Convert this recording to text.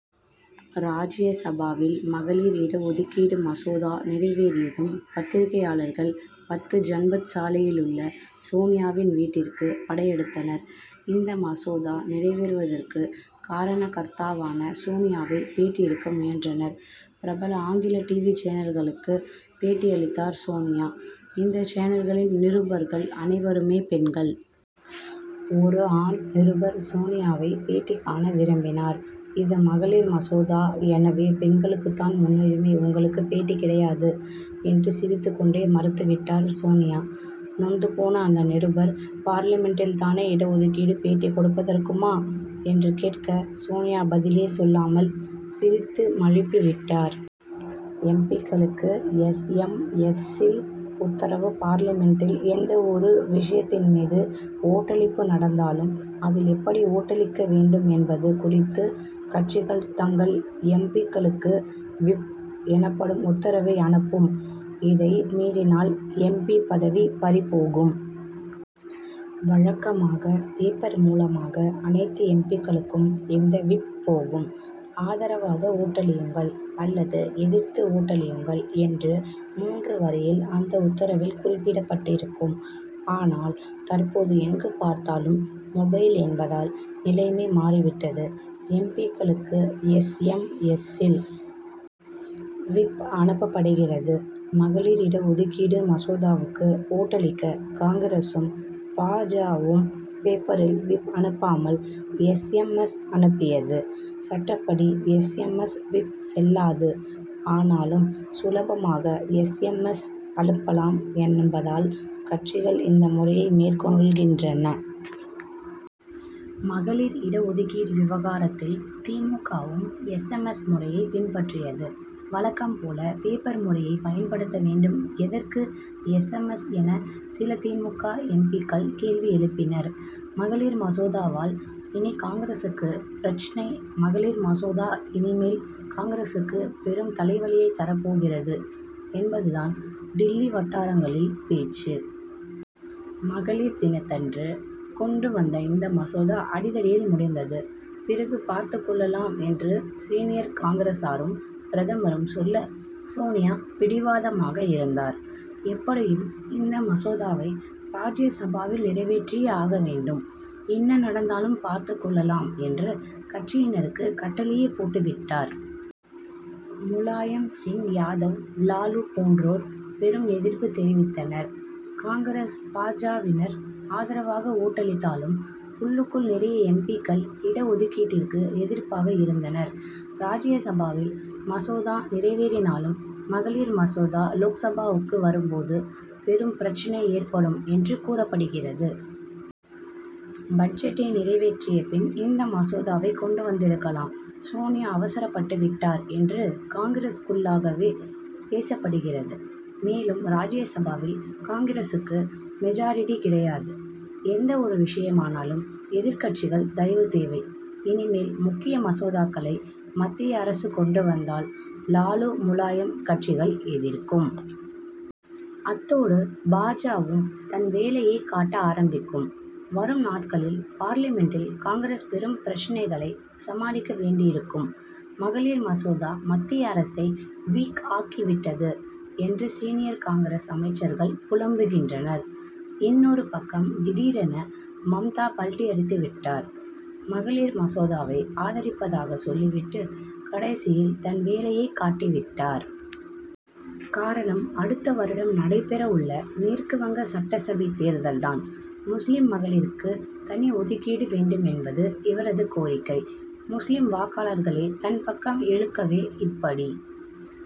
ராஜ்ய சபாவில் மகளிர் இட ஒதுக்கீடு மசோதா நிறைவேறியதும் பத்திரிகையாளர்கள் பத்து ஜன்பத் சாலையிலுள்ள சோனியாவின் வீட்டிற்கு படையெடுத்தனர். இந்த மசோதா நிறைவேறுவதற்கு காரணகர்த்தாவான சோனியாவை பேட்டி எடுக்க முயன்றனர். பிரபல ஆங்கில டிவி சேனல்களுக்கு பேட்டியளித்தார் சோனியா. இந்த சேனல்களின் நிருபர்கள் அனைவருமே பெண்கள். ஒரு ஆண் நிருபர் சோனியாவை பேட்டி காண விரும்பினார். இது மகளிர் மசோதா எனவே பெண்களுக்குத்தான் முன்னுரிமை உங்களுக்குப் பேட்டி கிடையாது என்று சிரித்துக் கொண்டே மறுத்துவிட்டார் சோனியா. நொந்து போன அந்த நிருபர் பார்லிமென்டில்தானே இட ஒதுக்கீடு பேட்டி கொடுப்பதற்குமா? என்று கேட்க சோனியா பதிலே சொல்லாமல் சிரித்து மழுப்பி விட்டார். எம். பி.க்களுக்கு எஸ். எம். எஸ்.சில் உத்தரவு பார்லிமென்டில் எந்த ஒரு விஷயத்தின் மீது ஓட்டளிப்பு நடந்தாலும் அதில் எப்படி ஓட்டளிக்க வேண்டும் என்பது குறித்து கட்சிகள் தங்கள் எம். பி.க்களுக்கு விப் எனப்படும் உத்தரவை அனுப்பும். இதை மீறினால் எம். பி. பதவி பறிபோகும். வழக்கமாக பேப்பர் மூலமாக அனைத்து எம். பி.க்களுக்கும் இந்த விப் போகும். ஆதரவாக ஓட்டளியுங்கள் அல்லது எதிர்த்து ஓட்டளியுங்கள் என்று மூன்று வரியில் அந்த உத்தரவில் குறிப்பிடப்பட்டிருக்கும். ஆனால் தற்போது எங்கு பார்த்தாலும் மொபைல் என்பதால் நிலைமை மாறிவிட்டது. எம். பி.க்களுக்கு எஸ். எம். எஸ்.சில் விப் அனுப்பப்படுகிறது. மகளிர் இடஒதுக்கீடு மசோதாவுக்கு ஓட்டளிக்க காங்கிரசும் பா. ஜ.வும் பேப்பரில் விப் அனுப்பாமல் எஸ். எம். எஸ். அனுப்பியது. சட்டப்படி எஸ். எம். எஸ். விப் செல்லாது. ஆனாலும் சுலபமாக எஸ். எம். எஸ். அனுப்பலாம் என்பதால் கட்சிகள் இந்த முறையை மேற்கொள்கின்றன. மகளிர் இட ஒதுக்கீடு விவகாரத்தில் தி. மு. க.வும் எஸ். எம். எஸ். முறையை பின்பற்றியது. வழக்கம் போல பேப்பர் முறையை பயன்படுத்த வேண்டும் எதற்கு எஸ். எம். எஸ். என சில தி. மு. க. எம். பி.க்கள் கேள்வி எழுப்பினர். மகளிர் மசோதாவால் இனி காங்கிரசுக்கு பிரச்னை மகளிர் மசோதா இனிமேல் காங்கிரசுக்கு பெரும் தலைவலியை தரப்போகிறது என்பதுதான் டில்லி வட்டாரங்களில் பேச்சு. மகளிர் தினத்தன்று கொண்டு வந்த இந்த மசோதா அடிதடியில் முடிந்தது. பிறகு பார்த்துக் கொள்ளலாம் என்று சீனியர் காங்கிரசாரும் பிரதமரும் சொல்ல சோனியா பிடிவாதமாக இருந்தார். எப்படியும் இந்த மசோதாவை ராஜ்யசபாவில் நிறைவேற்றியே ஆக வேண்டும். என்ன நடந்தாலும் பார்த்துக் கொள்ளலாம் என்று கட்சியினருக்கு கட்டளையே போட்டுவிட்டார். முலாயம் சிங் யாதவ் லாலு போன்றோர் பெரும் எதிர்ப்பு தெரிவித்தனர். காங்கிரஸ் பா. ஜ.வினர் ஆதரவாக ஓட்டளித்தாலும் உள்ளுக்குள் நிறைய எம். பி.க்கள் இட ஒதுக்கீட்டிற்கு எதிர்ப்பாக இருந்தனர். ராஜ்ய சபாவில் மசோதா நிறைவேறினாலும் மகளிர் மசோதா லோக்சபாவுக்கு வரும் போது பெரும் பிரச்னை ஏற்படும் என்று கூறப்படுகிறது. பட்ஜெட்டை நிறைவேற்றிய பின் இந்த மசோதாவை கொண்டு வந்திருக்கலாம். சோனியா அவசரப்பட்டு விட்டார் என்று காங்கிரசுக்குள்ளாகவே பேசப்படுகிறது. மேலும் ராஜ்யசபாவில் காங்கிரசுக்கு மெஜாரிடி கிடையாது. எந்த ஒரு விஷயமானாலும் எதிர்க்கட்சிகள் தயவு தேவை. இனிமேல் முக்கிய மசோதாக்களை மத்திய அரசு கொண்டு வந்தால் லாலு முலாயம் கட்சிகள் எதிர்க்கும். அத்தோடு பா. ஜ.வும் தன் வேலையைக் காட்ட ஆரம்பிக்கும். வரும் நாட்களில் பார்லிமென்டில் காங்கிரஸ் பெரும் பிரச்னைகளை சமாளிக்க வேண்டியிருக்கும். மகளிர் மசோதா மத்திய அரசை வீக் ஆக்கிவிட்டது என்று சீனியர் காங்கிரஸ் அமைச்சர்கள் புலம்புகின்றனர். இன்னொரு பக்கம் திடீரென மம்தா பல்டி அடித்துவிட்டார். மகளிர் மசோதாவை ஆதரிப்பதாக சொல்லிவிட்டு கடைசியில் தன் வேலையைக் காட்டிவிட்டார். காரணம் அடுத்த வருடம் நடைபெற உள்ள மேற்கு வங்க சட்டசபை தேர்தல்தான். முஸ்லிம் மகளிருக்கு தனி ஒதுக்கீடு வேண்டும் என்பது இவரது கோரிக்கை. முஸ்லிம் வாக்காளர்களை தன் பக்கம் இழுக்கவே இப்படி.